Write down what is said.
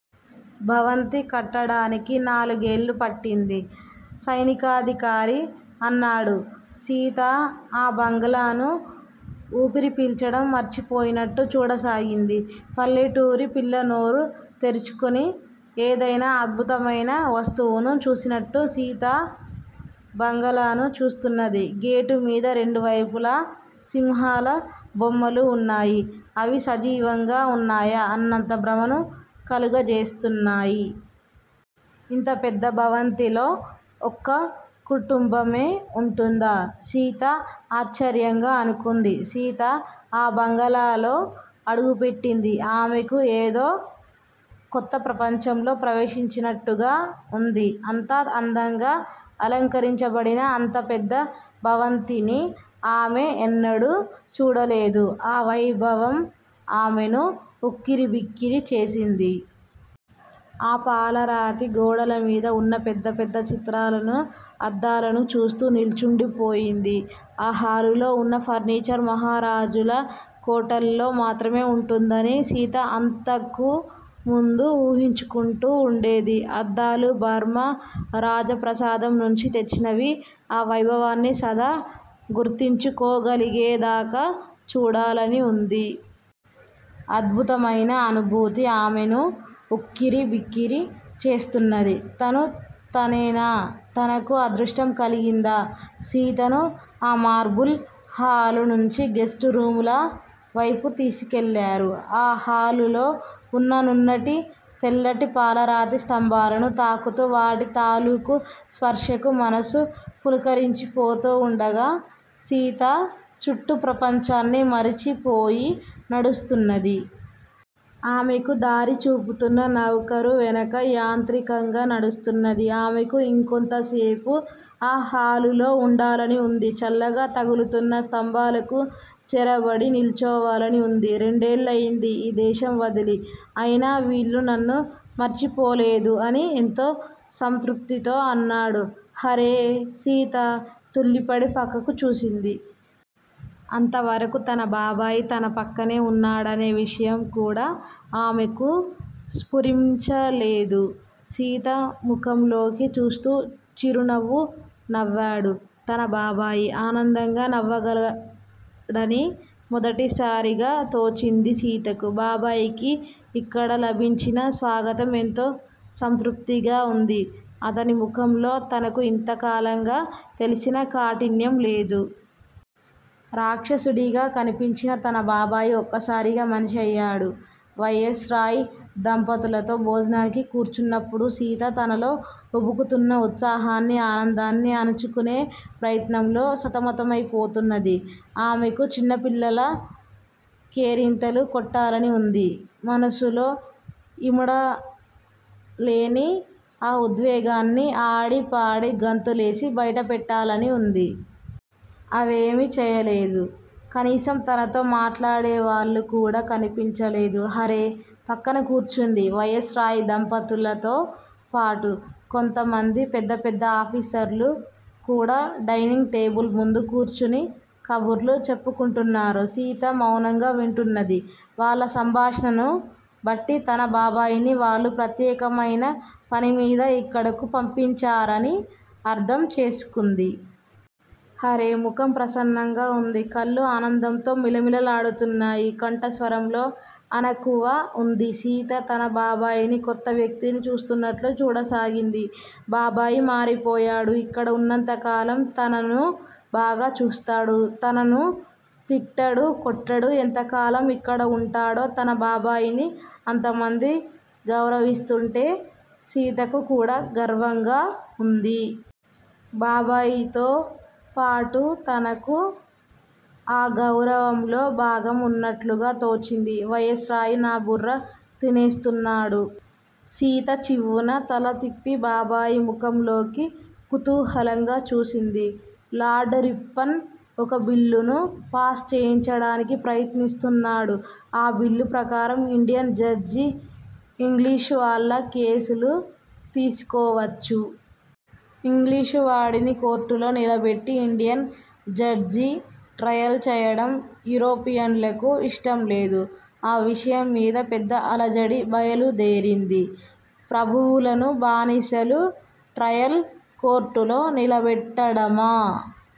భవంతి కట్టడానికి నాలుగేళ్లు పట్టింది. సైనికాధికారి అన్నాడు. సీత ఆ బంగళాను ఊపిరి పీల్చడం మర్చిపోయినట్టు చూడసాగింది. పల్లెటూరి పిల్ల నోరు తెరుచుకుని ఏదైనా అద్భుతమైన వస్తువును చూసినట్టు సీత బంగళాను చూస్తున్నది. గేటు మీద రెండు వైపులా సింహాల బొమ్మలు ఉన్నాయి. అవి సజీవంగా ఉన్నాయా అన్నంత భ్రమను కలుగజేస్తున్నాయి. ఇంత పెద్ద భవంతిలో ఒక్క కుటుంబమే ఉంటుందా? సీత ఆశ్చర్యంగా అనుకుంది. సీత ఆ బంగళాలో అడుగుపెట్టింది. ఆమెకు ఏదో కొత్త ప్రపంచంలో ప్రవేశించినట్టుగా ఉంది. అంత అందంగా అలంకరించబడిన అంత పెద్ద భవంతిని ఆమె ఎన్నడూ చూడలేదు. ఆ వైభవం ఆమెను ఉక్కిరిబిక్కిరి చేసింది. ఆ పాలరాతి గోడల మీద ఉన్న పెద్ద పెద్ద చిత్రాలనూ, అద్దాలనూ చూస్తూ నిల్చుండిపోయింది. ఆ హాలులో ఉన్న ఫర్నిచర్ మహారాజుల కోటల్లో మాత్రమే ఉంటుందని సీత అంతకుముందు ఊహించుకుంటూ ఉండేది. అద్దాలు బర్మా రాజప్రాసాదం నుంచి తెచ్చినవి. ఆ వైభవాన్ని సదా గుర్తించుకోగలిగేదాకా చూడాలని ఉంది. అద్భుతమైన అనుభూతి ఆమెను ఉక్కిరిబిక్కిరి చేస్తున్నది. తను తనేనా? తనకు అదృష్టం కలిగిందా? సీతను ఆ మార్బుల్ హాలు నుంచి గెస్టు రూముల వైపు తీసుకెళ్లారు. ఆ హాలులో ఉన్న నున్నటి, తెల్లటి పాలరాతి స్తంభాలను తాకుతూ, వాటి తాలూకు స్పర్శకు మనసు పులకరించిపోతూ ఉండగా, సీత చుట్టూ ప్రపంచాన్ని మరచిపోయి నడుస్తున్నది. ఆమెకు దారి చూపుతున్న నౌకరు వెనక యాంత్రికంగా నడుస్తున్నది. ఆమెకు ఇంకొంతసేపు ఆ హాలులో ఉండాలని ఉంది. చల్లగా తగులుతున్న స్తంభాలకు చేరబడి నిల్చోవాలని ఉంది. రెండేళ్లయింది ఈ దేశం వదిలి. అయినా వీళ్లు నన్ను మర్చిపోలేదు అని ఎంతో సంతృప్తితో అన్నాడు హారే. సీత తుళ్లిపడి పక్కకు చూసింది. అంతవరకు తన బాబాయి తన పక్కనే ఉన్నాడనే విషయం కూడా ఆమెకు స్పురించలేదు. సీత ముఖంలోకి చూస్తూ చిరునవ్వు నవ్వాడు. తన బాబాయి ఆనందంగా నవ్వగలడని మొదటిసారిగా తోచింది సీతకు. బాబాయికి ఇక్కడ లభించిన స్వాగతం ఎంతో సంతృప్తిగా ఉంది. అతని ముఖంలో తనకు ఇంతకాలంగా తెలిసిన కాఠిన్యం లేదు. రాక్షసుడిగా కనిపించిన తన బాబాయి ఒక్కసారిగా మనిషి అయ్యాడు. వైస్‌రాయ్ దంపతులతో భోజనానికి కూర్చున్నప్పుడు సీత తనలో ఉబుకుతున్న ఉత్సాహాన్నీ, ఆనందాన్నీ అణుచుకునే ప్రయత్నంలో సతమతమైపోతున్నది. ఆమెకు చిన్నపిల్లలా కేరింతలు కొట్టాలని ఉంది. మనసులో ఇమడలేని ఆ ఉద్వేగాన్ని ఆడీ, పాడీ, గంతులేసి బయటపెట్టాలని ఉంది. అవేమీ చేయలేదు. కనీసం తనతో మాట్లాడేవాళ్లు కూడా కనిపించలేదు. హారే పక్కన కూర్చుంది. వైస్‌రాయ్ దంపతులతో పాటు కొంతమంది పెద్ద పెద్ద ఆఫీసర్లు కూడా డైనింగ్ టేబుల్ ముందు కూర్చుని కబుర్లు చెప్పుకుంటున్నారు. సీత మౌనంగా వింటున్నది. వాళ్ల సంభాషణను బట్టి తన బాబాయిని వాళ్లు ప్రత్యేకమైన పనిమీద ఇక్కడకు పంపించారని అర్థం చేసుకుంది. హారే ముఖం ప్రసన్నంగా ఉంది. కళ్లు ఆనందంతో మిలమిలలాడుతున్నాయి. కంఠస్వరంలో అణకువ ఉంది. సీత తన బాబాయిని కొత్త వ్యక్తిని చూస్తున్నట్లు చూడసాగింది. బాబాయి మారిపోయాడు. ఇక్కడ ఉన్నంతకాలం తనను బాగా చూస్తాడు. తనను తిట్టడు. కొట్టడు. ఎంతకాలం ఇక్కడ ఉంటాడో? తన బాబాయిని అంతమంది గౌరవిస్తుంటే సీతకు కూడా గర్వంగా ఉంది. బాబాయితో పాటు తనకూ ఆ గౌరవంలో భాగం ఉన్నట్లుగా తోచింది. వైస్‌రాయ్ నా బుర్ర తినేస్తున్నాడు. సీత చివ్వున తల తిప్పి బాబాయి ముఖంలోకి కుతూహలంగా చూసింది. లార్డ్ రిప్పన్ ఒక బిల్లును పాస్ చేయించడానికి ప్రయత్నిస్తున్నాడు. ఆ బిల్లు ప్రకారం ఇండియన్ జడ్జి ఇంగ్లీషువాళ్ల కేసులు తీసుకోవచ్చు. ఇంగ్లీషువాడిని కోర్టులో నిలబెట్టి ఇండియన్ జడ్జి ట్రయల్ చేయడం యూరోపియన్లకు ఇష్టంలేదు. ఆ విషయం మీద పెద్ద అలజడి బయలుదేరింది. ప్రభువులను బానిసలు ట్రయల్ కోర్టులో నిలబెట్టడమా?